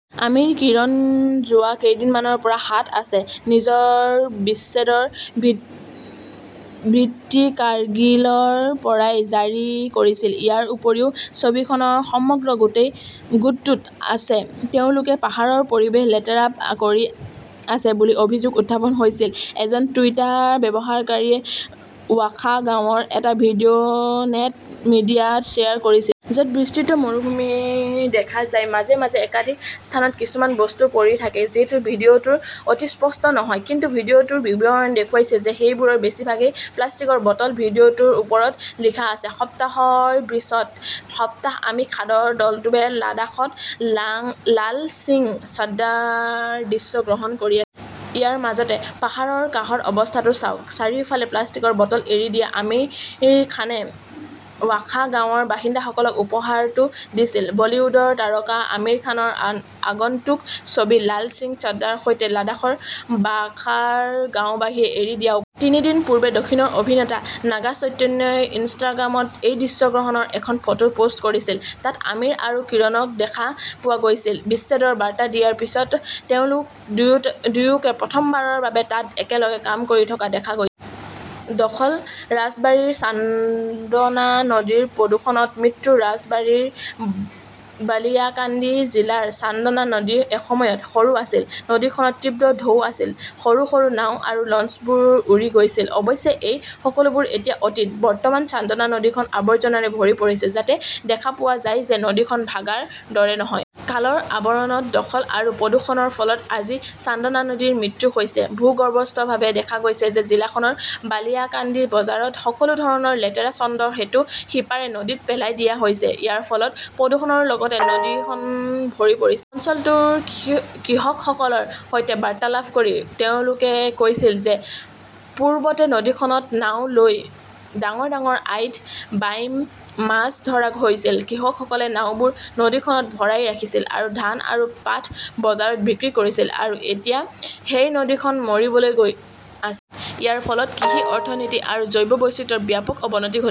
আমিৰ, কিৰণ যোৱা কেইদিনমানৰ পৰা হাত আছে। নিজৰ বিচ্ছেদৰ বিত্তী কাৰ্গিলৰ পৰাই জাৰি কৰিছিল। ইয়াৰ উপৰিও ছবিখনৰ সমগ্ৰ গোটটোত আছে। তেওঁলোকে পাহাৰৰ পৰিৱেশ লেতেৰা কৰি আছে বুলি অভিযোগ উত্থাপন হৈছিল। এজন টুইটাৰ ব্যৱহাৰকাৰীয়ে ৱাখা গাঁৱৰ এটা ভিডিঅনেট মিডিয়াত শ্বেয়াৰ কৰিছিল। য'ত বিস্তৃত মৰুভূমি দেখা যায়। মাজে মাজে একাধিক স্থানত কিছুমান বস্তু পৰি থাকে। যিটো ভিডিঅটো অতি স্পষ্ট নহয়। কিন্তু ভিডিঅটোৰ বিৱৰণে দেখুৱাইছে যে সেইবোৰৰ বেছিভাগেই প্লাষ্টিকৰ বটল। ভিডিঅ'টোৰ ওপৰত লিখা আছে, সপ্তাহৰ পিছত সপ্তাহ আমিৰ খাদৰ দলটোৱে লাডাখত লাল সিং চাড্ডাৰ দৃশ্যগ্ৰহণ কৰি। ইয়াৰ মাজতে পাহাৰৰ কাষৰ অৱস্থাটো চাওক। চাৰিওফালে প্লাষ্টিকৰ বটল এৰি দিয়া। আমিৰ খানে ৱাখা গাঁৱৰ বাসিন্দাসকলক উপহাৰটো দিছিল। বলীউডৰ তাৰকা আমিৰ খানৰ আগন্তুক ছবি লাল সিং চাডা হৈছে লাডাখৰ ৱাখাৰ গাওঁবাসীয়ে এৰি দিয়া উপ। তিনি দিন পূৰ্বে দক্ষিণৰ অভিনেতা নাগা চৈতন্যই ইনষ্টাগ্ৰামত এই দৃশ্যগ্ৰহণৰ এখন ফটো পোষ্ট কৰিছিল। তাত আমিৰ আৰু কিৰণক দেখা পোৱা গৈছিল। বিচ্ছেদৰ বাৰ্তা দিয়াৰ পিছত তেওঁলোক দুয়োকে প্ৰথমবাৰৰ বাবে তাত একেলগে কাম কৰি থকা দেখা গৈ। দখল ৰাজবাৰীৰ চান্দনা নদীৰ প্ৰদূষণত মৃত্যু ৰাজবাৰীৰ বালিয়াকান্দি জিলাৰ চান্দনা নদী এসময়ত সৰু আছিল। নদীখনত তীব্ৰ ঢৌ আছিল। সৰু - সৰু নাও আৰু লঞ্চবোৰ উৰি গৈছিল। অৱশ্যে, এই সকলোবোৰ এতিয়া অতীত। বৰ্তমান, চান্দনা নদীখন আৱৰ্জনাৰে ভৰি পৰিছে যাতে দেখা পোৱা যায় যে নদীখন ভাগাৰ দৰে নহয়। কালৰ আৱৰণত দখল আৰু প্ৰদূষণৰ ফলত আজি চান্দনা নদীৰ মৃত্যু হৈছে। ভূগৰ্ভস্থভাৱে দেখা গৈছে যে জিলাখনৰ বালিয়াকান্দি বজাৰত সকলো ধৰণৰ লেতেৰা চন্দৰ সেতুৰ সিপাৰে নদীত পেলাই দিয়া হৈছে। ইয়াৰ ফলত প্ৰদূষণৰ লগতে নদীখন ভৰি পৰিছে। অঞ্চলটোৰ কৃষকসকলৰ সৈতে বাৰ্তালাপ কৰি তেওঁলোকে কৈছিল যে পূৰ্বতে নদীখনত নাও লৈ ডাঙৰ - ডাঙৰ আইড, বাইম মাছ ধৰা হৈছিল। কৃষকসকলে নাওবোৰ নদীখনত ভৰাই ৰাখিছিল আৰু ধান আৰু পাট বজাৰত বিক্ৰী কৰিছিল। আৰু এতিয়া সেই নদীখন মৰিবলৈ গৈ আছ। ইয়াৰ ফলত কৃষি অৰ্থনীতি আৰু জৈৱ বৈচিত্ৰ্যৰ ব্যাপক অৱনতি ঘট।